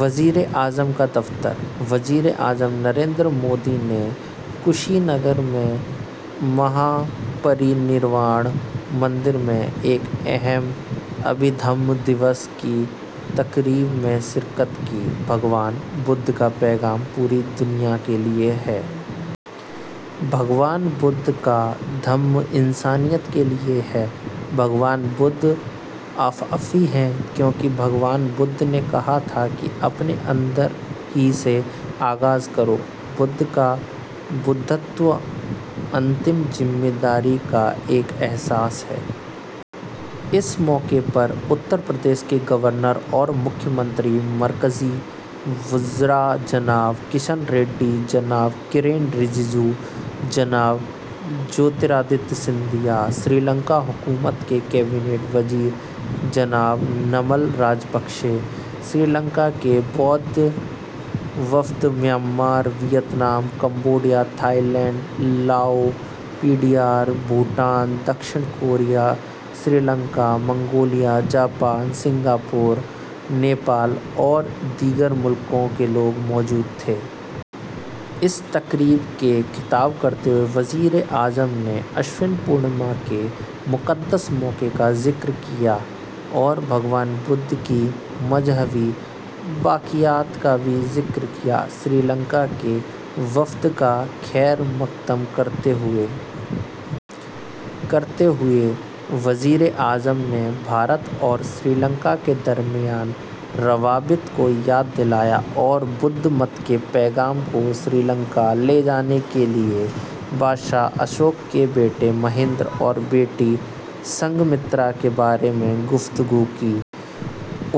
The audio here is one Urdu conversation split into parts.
وزیراعظم کا دفتر وزیر اعظم نریندر مودی نے کشی نگر میں مہا پری نروان مندر میں ایک اہم ابھیدھما دن کی تقریب میں شرکت کی بھگوان بدھ کا پیغام پوری دنیا کیلئے ہے، بھگوان بدھ کا دھما انسانیت کیلئے ہے بھگوان بدھ آفاقی ہیں کیونکہ بھگوان بدھ نے کہا تھا کہ اپنے اندر ہی سے آغاز کرو، بدھا کا بدھتوا حتمی ذمہ داری کا ایک احساس ہے اس موقع پر اترپردیش کے گورنر اور وزیر اعلیٰ ،مرکزی وززرا جناب کشن ریڈی ، جناب کرن رجیجو ،جناب جیو تی رادتیہ سندھیا ،سری لنکا حکومت کے کابینی وزیر جناب نمل راج پکسا ،سری لنکا کے بدھسٹ وفد ,Myanmar, Vietnam, Cambodia, Thailand, Lao PDR, Bhutan ،جنوبی Korea, Sri Lanka, Mongolia, Japan ،Singapore ,Nepal اور دیگر لوگ موجود تھے۔ اس تقریب سے خطاب کرتے ہوئے وزیر اعظم نے اشون پرنما کے مقدس موقع کا ذکر کیا اور بھگوان بدھ کی مذہبی باقیات بھی ذکر کیا۔ سری لنکا کے وفد کا خیر مقد کرتے ہوئے وزیر اعظم نے بھارت اور سری لنکا کے درمیان رابطوں کو یاد دلایا اور بدھ ازم کے پیغام کو سری لنکا لے جانے کے لئے بادشاہ اشوکا کے بیٹے مہندرا اور بیٹی سنگھا مترا کے بارے میں گفتگو کی۔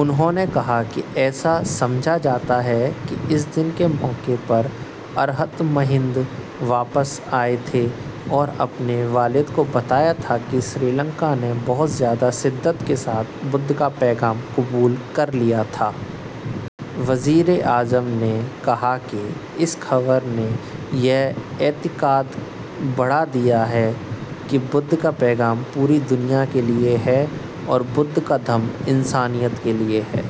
انہوں نے کہا کہ ایسا سمجھا جاتا ہے کہ اس دن کے موقع پر 'ارہٹ مہند' واپس آئے تھے اور اپنے والد کو بتایا تھا کہ سری لنکا نے بہت زیادہ شدت کے ساتھ بدھ کا پیغام قبول کرلیا تھا۔ وزیر اعظم نے کہا کہ اس خبر نے یہ اعتقاد بڑھادیا ہے کہ بدھ کا پیغام پوری دنیا کیلئے ہے اور بدھ کا دھما انسانیت کیلئے ہے۔